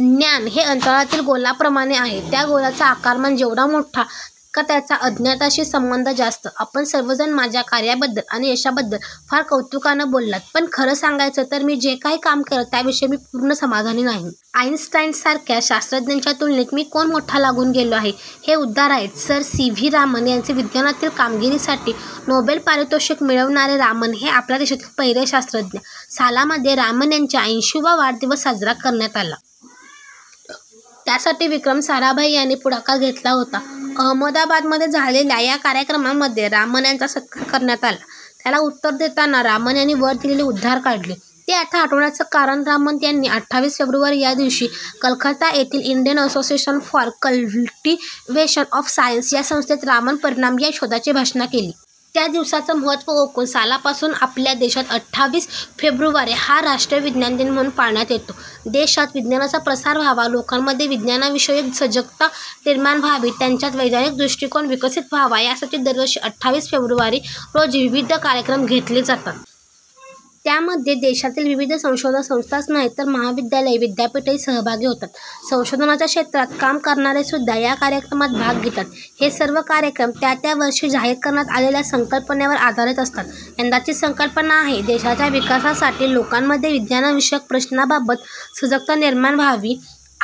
ज्ञान हे अंतराळातील गोलाप्रमाणे आहे. त्या गोलाचा आकारमान जेवढा मोठा, तितका त्याचा अज्ञाताशी संबंध जास्त. आपण सर्वजण माझ्या कार्याबद्दल आणि यशाबद्दल फार कौतुकानं बोललात. पण खरं सांगायचं, तर मी जे काही काम केलं, त्याविषयी मी पूर्ण समाधानी नाही. आइनस्टाईनसारख्या शास्त्रज्ञांच्या तुलनेत मी कोण मोठा लागून गेलो आहे? हे उद्गार आहेत सर सी. व्ही. रामन यांचे. विज्ञानातील कामगिरीसाठी नोबेल पारितोषिक मिळविणारे रामन हे आपल्या देशातील पहिले शास्त्रज्ञ. सालामध्ये रामन यांचा ऐंशी वा वाढदिवस साजरा करण्यात आला. त्यासाठी विक्रम साराभाई यांनी पुढाकार घेतला होता. अहमदाबादमध्ये झालेल्या या कार्यक्रमामध्ये रामन यांचा सत्कार करण्यात आला. त्याला उत्तर देताना रामन यांनी वर दिलेले उद्गार काढले! ते आत्ता आठवण्याचं कारण रामन यांनी अठ्ठावीस फेब्रुवारी या दिवशी कलकत्ता येथील Indian Association for Cultivation of Science या संस्थेत रामन परिणाम या शोधाची घोषणा केली. त्या दिवसाचं महत्त्व ओळखून सालापासून आपल्या देशात अठ्ठावीस फेब्रुवारी हा राष्ट्रीय विज्ञान दिन म्हणून पाळण्यात येतो. देशात विज्ञानाचा प्रसार व्हावा, लोकांमध्ये विज्ञानविषयक सजगता निर्माण व्हावी, त्यांच्यात वैज्ञानिक दृष्टिकोन विकसित व्हावा, यासाठी दरवर्षी अठ्ठावीस फेब्रुवारी रोजी विविध कार्यक्रम घेतले जातात. त्यामध्ये देशातील विविध संशोधन संस्थाच नाहीत तर महाविद्यालये, विद्यपीठंही सहभागी होतात. संशोधनाच्या क्षेत्रात काम करणारेसुद्धा या कार्यक्रमांत भाग घेतात. हे सर्व कार्यक्रम त्या त्या वर्षी जाहीर करण्यात आलेल्या संकल्पनेवर आधारित असतात. यंदाची संकल्पना आहे, देशाच्या विकासासाठी लोकांमध्ये विज्ञानविषयक प्रश्नांबाबत सजगता निर्माण व्हावी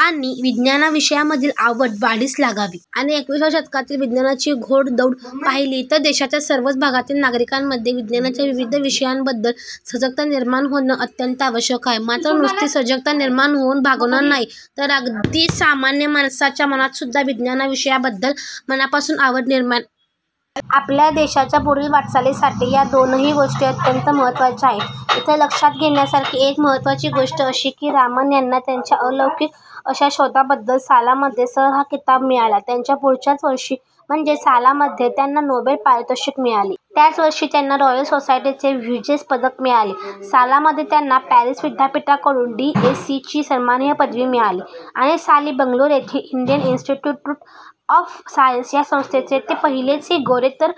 आणि विज्ञानविषयांमधील आवड वाढीस लागावी! आणि एकविसाव्या शतकातील विज्ञानाची घोडदौड पाहिली तर देशाच्या सर्वच भागातील नागरिकांमध्ये विज्ञानाच्या विविध विषयांबद्दल सजगता निर्माण होणं अत्यंत आवश्यक आहे. मात्र नुसती सजगता निर्माण होऊन भागणार नाही, तर अगदी सामान्य माणसाच्या मनातसुद्धा विज्ञानविषयाबद्दल मनापासून आवड निर्माण व्हायला हवी. आपल्या देशाच्या पुढील वाटचालीसाठी या दोनही गोष्टी अत्यंत महत्त्वाच्या आहेत. इथं लक्षात घेण्यासारखी एक महत्त्वाची गोष्ट अशी की रामन यांना त्यांच्या अलौकिक अशा शोधाबद्दल सालामध्ये सर हा किताब मिळाला. त्याच्या पुढच्याच वर्षी म्हणजे सालामध्ये, त्यांना नोबेल पारितोषिक मिळाले. त्याचवर्षी त्यांना रॉयल सोसायटीचे ह्युजेस पदक मिळाले. सालामध्ये त्यांना पॅरिस विद्यापीठाकडून डी. एस. सी. ची सन्माननीय पदवी मिळाली आणि साली बंगलोर येथील इंडियन इन्स्टिट्यु्रूट ऑफ सायन्स या संस्थेचे ते पहिलेच गोरेतर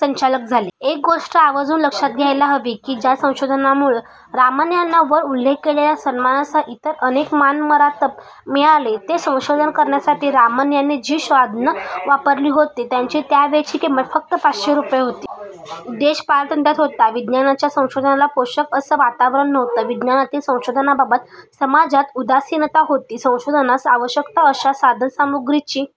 संचालक झाले! एक गोष्ट आवर्जुन लक्षात घ्यायला हवी की ज्या संशोधनामुळं रामन यांना वर उल्लेख केलेल्या सन्मानांसह इतर अनेक मानमरातब मिळाले, ते संशोधन करण्यासाठी रामन यांनी जी साधनं वापरली होती, त्यांची त्यावेळची किंमत फक्त पाचशे रुपये होती! देश पारतंत्र्यात होता. विज्ञानाच्या संशोधनाला पोषक असं वातावरण नव्हतं. विज्ञानातील संशोधनाबाबत समाजात उदासीनता होती. संशोधनास आवश्यक अशा साधनसामुग्रीची